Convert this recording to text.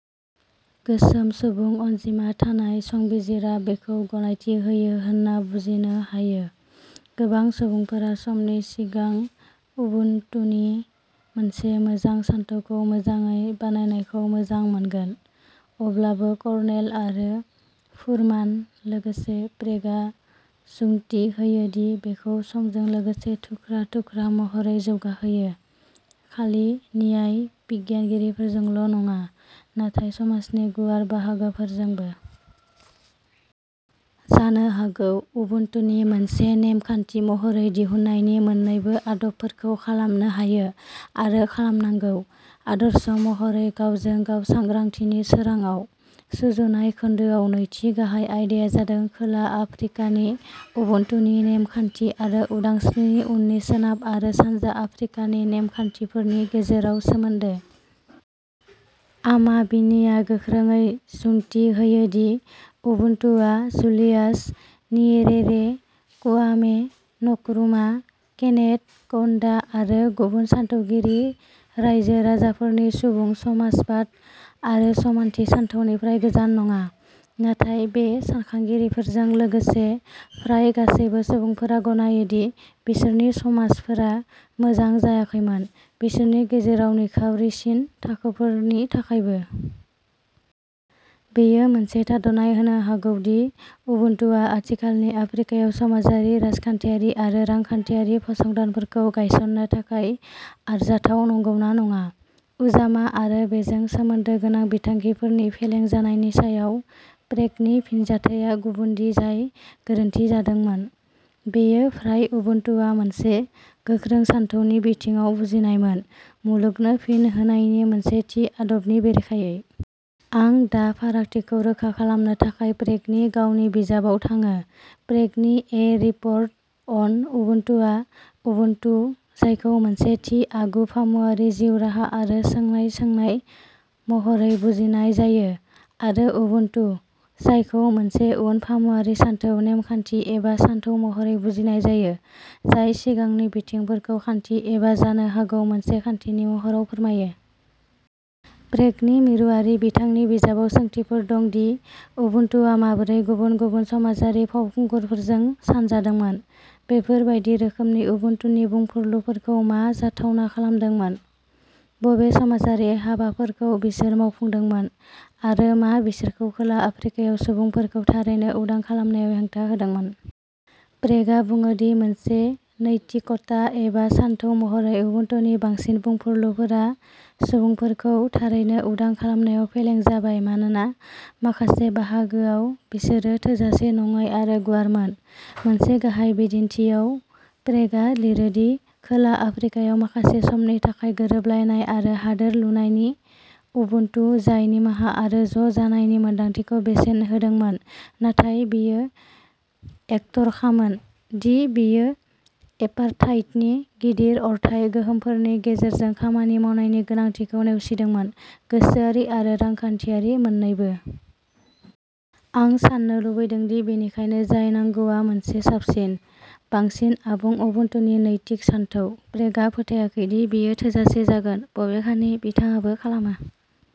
गोसोम सुबुं अनजिमा थानाय, संबिजिरा बेखौ गनायथि होयो होन्ना बुजिनो हायो। गोबां सुबुंफोरा समनि सिगां उबुन्टुनि मोनसे मोजां सानथौखौ मोजाङै बानायनायखौ मोजां मोनगोन। अब्लाबो कर्नेल आरो फुरमान, लोगोसे प्रेगआ जुक्ति होयो दि बेखौ समजों लोगोसे थुख्रा थुख्रा महरै जौगाहोयो, खालि न्याय बिगियानगिरिफोरजोंल' नङा, नाथाय समाजनि गुवार बाहागोफोरजोंबो। जानो हागौ, उबुन्टुनि मोनसे नेम खान्थि महरै दिहुननायनि मोन्नैबो आदबफोरखौ खालामनो हायो आरो खालामनांगौ, आदर्श महरै गावजों गाव सांग्रांथिनि सोरांङाव। सुजुनाय खोन्दोआव नैथि गाहाय आयदाया जादों खोला आफ्रिकानि उबुन्टुनि नेम खान्थि आरो उदांस्रिनि उननि सोनाब आरो सानजा आफ्रिकानि नेम खान्थिफोरनि गेजेराव सोमोन्दो। आमा बिनीया गोख्रोंयै जुक्ति होयो दि उबुन्टुआ जुलियास न्यिरेरे, क्वामे नक्रुमा, केनेथ कौन्डा आरो गुबुन सानथौगिरि रायजो-राजाफोरनि सुबुं समाजबाद आरो समानथि सानथौनिफ्राय गोजान नङा। नाथाय बे सानखांगिरिफोरजों लोगोसे फ्राय गासैबो सुबुंफोरा गनायो दि बिसोरनि समाजफोरा मोजां जायाखैमोन, बिसोरनि गेजेराव निखावरिसिन थाखोफोरनि थाखायबो। बेयो मोनसे थाद'नाय होनो हागौ दि उबुन्टुआ आथिखालनि आफ्रिकायाव समाजारि, राजखान्थियारि आरो रांखान्थियारि फसंथानफोरखौ गायसननो थाखाय आरजाथाव नंगौना नङा। उजामा आरो बेजों सोमोन्दो गोनां बिथांखिफोरनि फेलें जानायनि सायाव प्रेगनि फिनजाथाया गुबुनदि जाय गोरोन्थि जादोंमोन, बेयो फ्राय उबुन्टुआ मोनसे गोख्रों सानथौनि बिथिङाव बुजिनायमोन, मुलुगनो फिन होनायनि मोनसे थि आदबनि बेरेखायै। आं दा फारागथिखौ रोखा खालामनो थाखाय प्रेगनि गावनि बिजाबाव थाङो। प्रेगनि ए रिप'र्ट अन उबुन्टुआ "उबुन्टु", जायखौ मोनसे थि आगु-फामुवारि जिउ राहा आरो सोंनाय-सोंनाय महरै बुजिनाय जायो आरो "उबुन्टु', जायखौ मोनसे उन फामुवारि सानथौ, नेम खान्थि एबा सानथौ महरै बुजिनाय जायो, जाय सिगांनि बिथिंफोरखौ खान्थि एबा जानो हागौ मोनसे खान्थिनि महराव फोरमायो। प्रेगनि मिरुआरि बिथांनि बिजाबाव सोंथिफोर दं दि उबुन्टुआ माबोरै गुबुन गुबुन समाजारि फावखुंगुरफोरजों सानजादोंमोन, बेफोर बायदि रोखोमनि उबुन्टुनि बुंफुरलुफोरखौ मा जाथावना खालामदोंमोन, बबे समाजारि हाबाफोरखौ बिसोर मावफुंदोंमोन आरो मा बिसोरखौ खोला आफ्रिकायाव सुबुंफोरखौ थारैनो उदां खालामनायाव हेंथा होदोंमोन। प्रेगआ बुङो दि मोनसे नैतिकता एबा सानथौ महरै उबुन्टुनि बांसिन बुंफुरलुफोरा सुबुंफोरखौ थारैनो उदां खालामनायाव फेलें जाबाय मानोना माखासे बाहागोआव बिसोरो थोजासे नङै आरो गुवारमोन। मोनसे गाहाय बिदिन्थिआव, प्रेगआ लिरो दि, खोला आफ्रिकायाव माखासे समनि थाखाय गोरोबलायनाय आरो हादोर-लुनायनि उबुन्टु, जाय निमाहा आरो ज' जानायनि मोनदांथिखौ बेसेन होदोंमोन नाथाय बेयो एकटरखामोन दि बेयो एपार्थाइडनि गिदिर अरथाय गोहोमफोरनि गेजेरजों खामानि मावनायनि गोनांथिखौ नेवसिदोंमोन, गोसोआरि आरो रांखान्थियारि मोन्नैबो। आं साननो लुबैदों दि बेनिखायनो जाय नांगौआ मोनसे साबसिन, बांसिन आबुं उबुन्टुनि नैतिक सानथौ। प्रेगआ फोथायाखै दि बेयो थोजासे जागोन, बबेखानि बिथाङाबो खालामो।